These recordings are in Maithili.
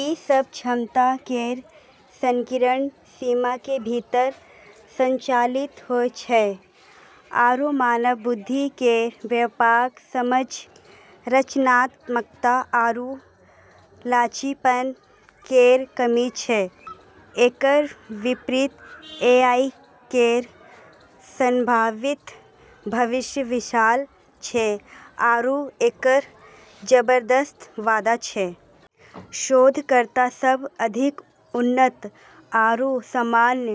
ई सब क्षमता केर संकीर्ण सीमा के भीतर संचालित होय छै आरू मानव बुद्धि केर व्यापक समझ, रचनात्मकता आरू लचीलापन केर कमी छै। एकर विपरीत एआई केर संभावित भविष्य विशाल छै आरू एकर जबरदस्त वादा छै। शोधकर्ता सब अधिक उन्नत आरू सामान्य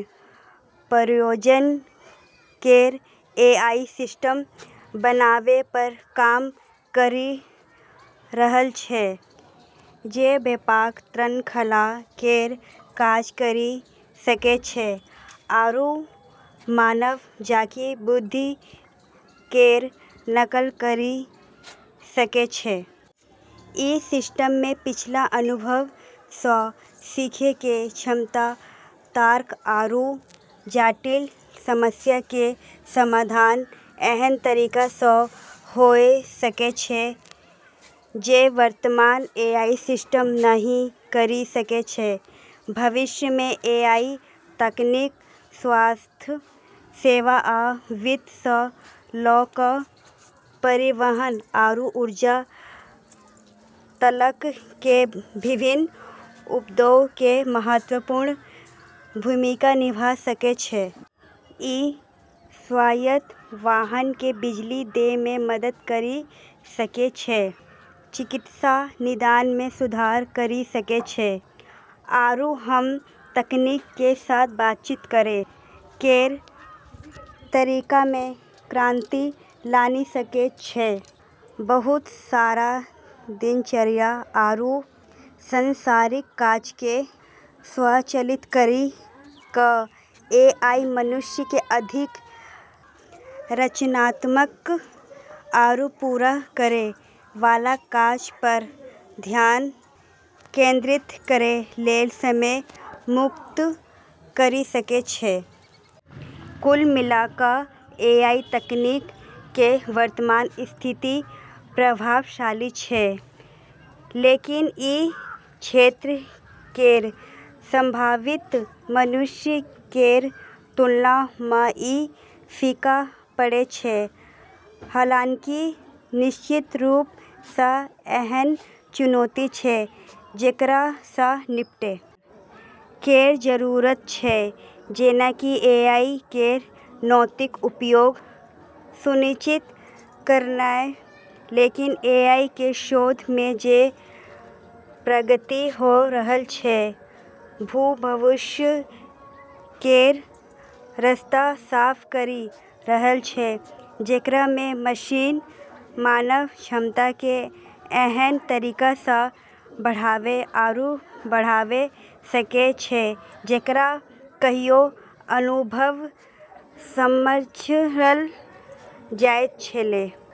प्रयोजन केर एआई सिस्टम बनाबै पर काम करी रहल छै जे व्यापक श्रृंखला केर काज करी सकै छै आरू मानव जकाँ बुद्धि केर नकल करी सकै छै। ई सिस्टम मे पिछला अनुभव सँ सीखै केर क्षमता, तर्क आरू जटिल समस्या केर समाधान एहन तरीका सँ होय सकै छै जे वर्तमान एआई सिस्टम नहि करी सकै छै। भविष्य मे एआई तकनीक स्वास्थ्य सेवा आ वित्त सँ लऽ कऽ परिवहन आरू ऊर्जा तलक केर विभिन्न उद्योग मे महत्वपूर्ण भूमिका निभा सकै छै। ई स्वायत्त वाहन केँ बिजली दै मे मदद करी सकै छै, चिकित्सा निदान मे सुधार करी सकै छै, आरू हम्मं तकनीक के साथ बातचीत करै केर तरीका मे क्रांति लानी सकै छै। बहुत सारा दिनचर्या आरू सांसारिक काज केँ स्वचालित करी कऽ एआई मनुष्य केँ अधिक रचनात्मक आरू पूरा करै वाला काज पर ध्यान केंद्रित करै लेल समय मुक्त करी सकै छै। कुल मिला कऽ एआई तकनीक केर वर्तमान स्थिति प्रभावशाली छै, लेकिन ई क्षेत्र केर संभावित भविष्य केर तुलना मँ ई फीका पड़ै छै। हालांकि निश्चित रूप सँ एहन चुनौती छै जेकरा सँ निपटै केर जरूरत छै, जेना कि एआई केर नैतिक उपयोग सुनिश्चित करनाय, लेकिन एआई केर शोध मे जे प्रगति होय रहल छै, वू भविष्य केर रास्ता साफ करी रहल छै, जेकरा मँ मशीन मानव क्षमता केँ एहन तरीका सँ बढ़ाबै आरू बढ़ाबै सकै छै जेकरा कहियो असंभव समझल जाइत छेलै।